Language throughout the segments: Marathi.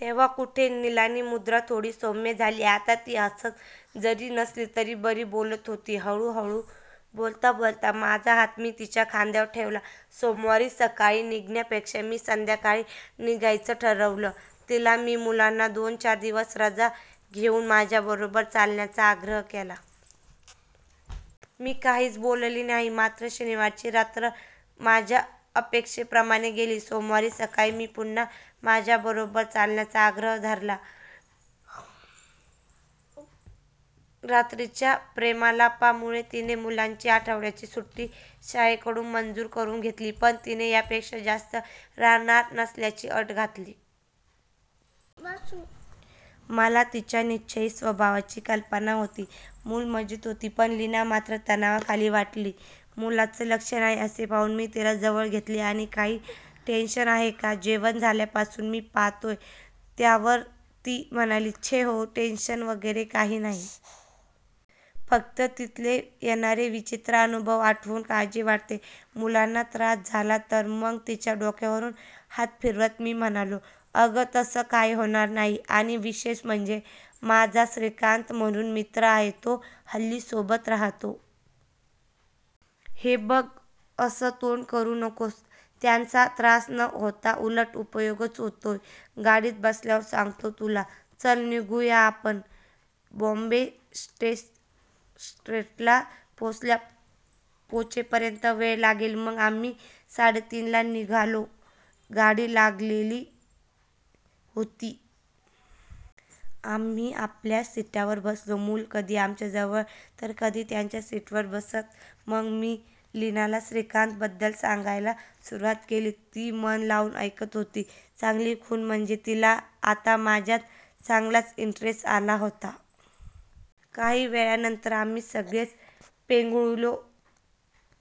तेव्हा कुठे लीनाची मुद्रा थोडी सौम्य झाली.आता ती हसत जरी नसली तरी बरी बोलत होती. हळूहळू बोलता बोलता माझा हात मी तिच्या खांद्यावर ठेवला. सोमवारी सकाळी निघण्यापेक्षा मी संध्याकाळी निघण्याचं ठरवलं. तिला मी मुलांना दोन चार दिवस रजा घेऊन माझ्याबरोबर चालण्याचा आग्रह केला. ती काहीच बोलली नाही. मात्र शनिवारची रात्र मात्र माझ्या अपेक्षेप्रमाणे गेली. सोमवारी सकाळी मी पुन्हा माझ्याबरोबर चलण्याचा आग्रह धरला. रात्रीच्या प्रेमालापामुळे तिने मुलांची आठवड्यांची सुट्टी शाळेकडून मंजूर करुन घेतली. पण तिने यापेक्षा जास्त राहणार नसल्याची अट घातली. मला तिच्या निश्चयी स्वभावाची कल्पना होती. मुलं मजेत होती पण लीना मात्र तणावाखाली वाटली. मुलांचं लक्ष नाही असं पाहून मी तिला जवळ घेतली आणि," काही टेन्शन आहे का? जेवण झाल्यापासून मी पाहतोय. " त्यावर ती म्हणाली," छे हो टेन्शन वगैरे काही नाही. फक्त तिथले येणारे विचित्र अनुभव आठवून काळजी वाटते. मुलांना त्रास झाला तर? मग तिच्या डोक्यावरून हात फिरवत मी म्हणालो, "अगं तसं काही होणार नाही. आणि विशेष म्हणजे माझा श्रीकांत म्हणून मित्र आहे, तो हल्ली सोबत राहतो. हे बघं असं तोंड करुन नकोस. त्यांचा त्रास न होता उलट उपयोगच होतोय. गाडीत बसल्यावर सांगतो तुला. चल, निघू या आपण. बॉंबे सेंट्रलला पोहोचेपर्यंत वेळ लागेल. " मग आम्ही साडेतीनला निघालो. गाडी लागलेली होती. आम्ही आपल्या सिटांवर बसलो. मुलं कधी आमच्याजवळ तर कधी त्यांच्या सीटवर बसत. मग मी लीनाला श्रीकांत बद्दल सांगायला सुरुवात केली. ती मन लावून ऐकत होती. चांगली खूण म्हणजे तिला आता माझ्यात चांगलाच इंटरेस्ट आला होता. काही वेळानंतर आम्ही सगळेच पेंगुळलो.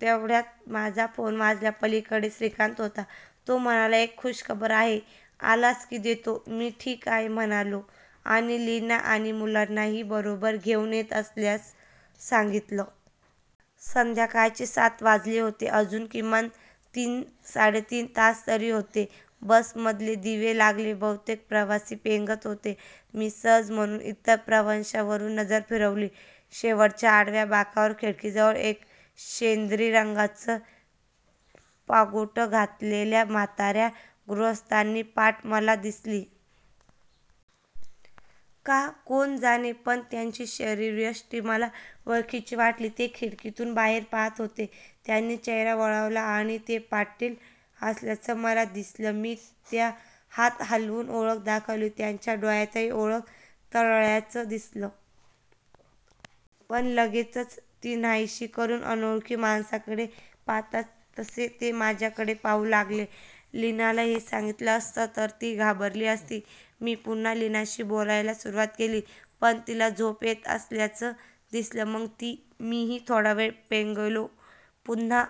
तेवढ्यात माझा फोन वाजला. पलीकडे श्रीकांत होता. तो म्हणाला," एक खुशखबर आहे. आलास की देतो. " मी ठीक आहे म्हणालो आणि लीना आणि मुलांना ही बरोबर घेऊन येत असल्याचं सांगितलं. संध्याकाळचे सात वाजले होते. अजून किमान तीन साडेतीन तास तरी होते. बसमधले दिवे लागले. बहुतेक प्रवासी पेंगत होते. मी सहज म्हणून इतर प्रवाशांवरुन नजर फिरवली. शेवटच्या आडव्या बाकावर खिडकीजवळ एक शेंदरी रंगाचं पागोटं घातलेल्या म्हाताऱ्या गृहस्थांची पाठ मला दिसली. का कोण जाणे पण त्यांची शरीरयष्टी मला ओळखीची वाटली. ते खिडकीतून बाहेर पाहात होते. त्यांनी चेहरा वळवला आणि ते पाटील असल्याचं मला दिसलं. मी त्या हात हालवून ओळख दाखवली. त्यांच्या डोळ्यातही ओळख तरळल्याचं दिसलं. पण लगेचच ती नाहीशी करून अनोळखी माणसाकडे पाहतात तसे ते माझ्याकडे पाहू लागले. लीनाला हे सांगितलं असतं तर ती घाबरली असती. मी पुन्हा लीनाशी बोलायला सुरुवात केली. पण तिला झोप येत असल्याचं दिसलं. मग मीही थोडावेळ पेंगलो. पुन्हा